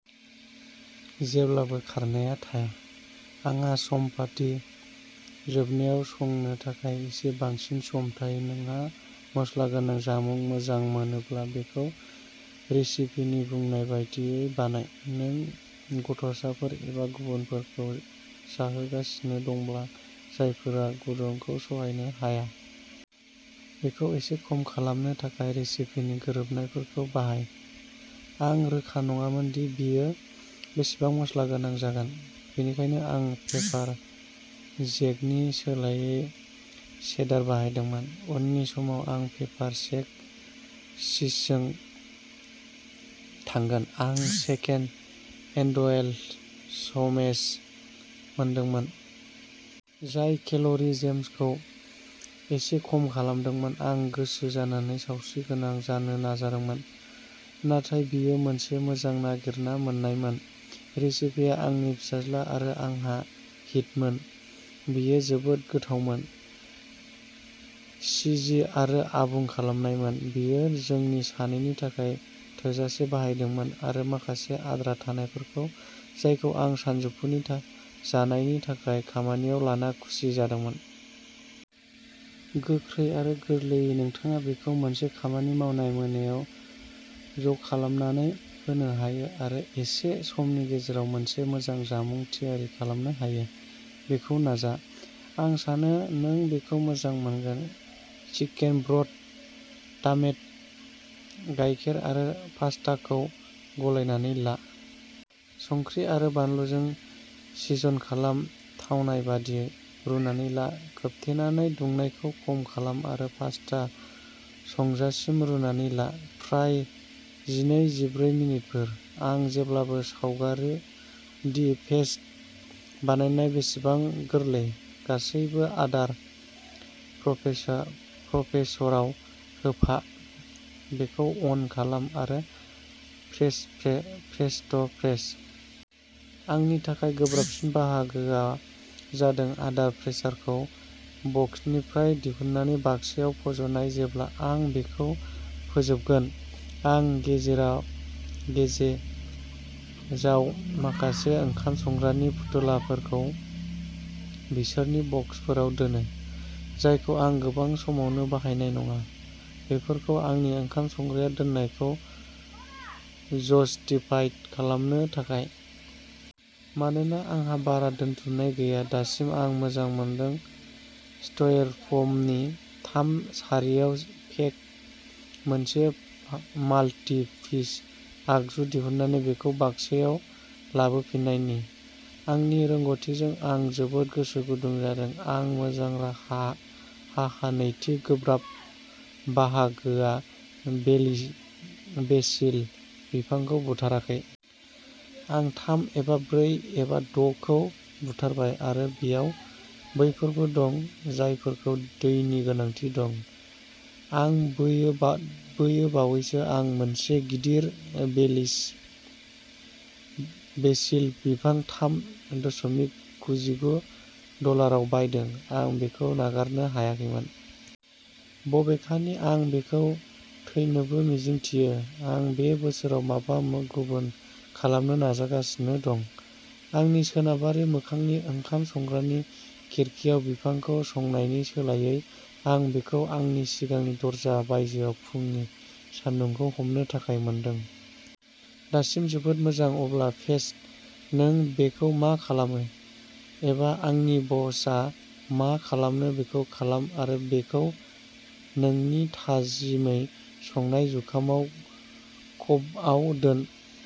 जेब्लाबो खारनायाव थाया। आंहा सप्तानि जोबनायाव संनो थाखाय एसे बांसिन सम थायो। नोंहा मस्ला गोनां जामुं मोजां मोनोब्ला बेखौ रेसिपिनि बुंनाय बायदियै बानाय। नों गथ'साफोर एबा गुबुनफोरखौ जाहोगासिनो दंब्ला। जायफोरा गुदुंखौ सहायनो हाया। बेखौ एसे खम खालामनो थाखाय रेसिपिनि गोरोबनायफोरखौ बाहाय। आं रोखा नङामोन दि बेयो बेसेबां मस्ला गोनां जागोन। बेनिखायनो आं पेपार जेकनि सोलायै चेडार बाहायदोंमोन। उननि समाव आं पेपार जेक चीजजों थांगोन। आं चिकेन एन्ड'इल ससेज मोनदोंमोन। जाय केल'रि जेमखौ एसे खम खालामदोंमोन। आं गोसो जानानै सावस्रिगोनां जानो नाजादोंमोन। नाथाय बेयो मोनसे मोजां नागिरना मोननायमोन। रेसिपिया आंनि फिसाज्ला आरो आंहा हिटमोन। बेयो जोबोद गोथावमोन। चिजि आरो आबुं खालामनायमोन। बेयो जोंनि सानैनि थाखाय थोजासे बानायदोंमोन आरो माखासे आद्रा थानायफोरखौ जायखौ आं सानजौफुनि जानायनि थाखाय खामानियाव लाना खुसि जादोंमोन। गोख्रै आरो गोरलैयै नोंथाङा बेखौ मोनसे खामानि मावनाय मोनायाव ज'खालामनानै होनो हायो आरो एसे समनि गेजेराव मोनसे मोजां जामुं थियारि खालामनो हायो। बेखौ नाजा। आं सानो नों बेखौ मोजां मोनगोन। चिकेन ब्रथ, टामेट', गायखेर आरो पास्ताखौ गलायनानै ला। संख्रि आरो बानलुजों सिजन खालाम थावनाय बादियै। रुनानै ला। खोबथेनानै दुंनायखौ खम खालाम आरो पास्ता संजासिम रुनानै ला। फ्राय जिनै-जिब्रै मिनिटफोर। आं जेब्लाबो बावगारो दि पेस्ट बानायनाया बेसेबां गोरलै। गासैबो आदार प्रसेसराव होफा बेखौ अन खालाम आरो प्रेस्ट' पेस्ट। आंनि थाखाय गोब्राबसिन बाहागोआ जादों आदार प्रसेसरखौ बक्सनिफ्राय दिहुननानै बाक्सायाव फज'नाय जेब्ला आं बेखौ फोजोबगोन। आं गेरेजाव माखासे ओंखाम संग्रानि फुथुलाफोरखौ बिसोरनि बक्सफोराव दोनो। जायखौ आं गोबां समावनो बाहायनाय नङा। बेफोरखौ आंनि ओंखाम संग्रायाव दोननायखौ जस्टिफाइ खालामनो थाखाय। मानोना आंहा बारा दोनथुमनाय गैया। दासिम आं मोजां मोनदों। स्टायरफ'मनि थाम सारिआव पेक्ड मोनसे माल्टि पिस आगजु दिहुननानै बेखौ बाक्सायाव लाबोफिननायनि आंनि रोंग'थिजों आं जोबोद गोसो गुदुं जादों। आं मोजां हाहा नैथि गोब्राब बाहागोआ बेसिल बिफांखौ बुथाराखै। आं थाम एबा ब्रै एबा द’ खौ बुथारबाय आरो बेयाव बैफोरबो दं जायफोरखौ दैनि गोनांथि दं। हां बोयो बावैसो आं मोनसे गिदिर बेसिल बिफां थाम दशमिक गुजिगु डलाराव बायदों। आं बेखौ नागारनो हायाखैमोन। बबेखानि आं बेखौ थैनोबो मिजिंथियो। आं बे बोसोराव माबा गुबुन खालामनो नाजागासिनो दं। आंनि सोनाबारि मोखांनि ओंखाम संग्रानि खिरखिआव बिफांखौ संनायनि सोलायै आं बेखौ आंनि सिगांनि दरजानि बायजोआव फुंनि सानदुंखौ हमनो थाखाय मोनदों। दासिम जोबोद मोजां अब्ला पेस्ट'। नों बेखौ मा खालामो? एबा आंनि बसआ मा खालामो बेखौ खालाम आरो बेखौ नोंनि थाजिमै संनाय जुखामाव क'बआव दोन।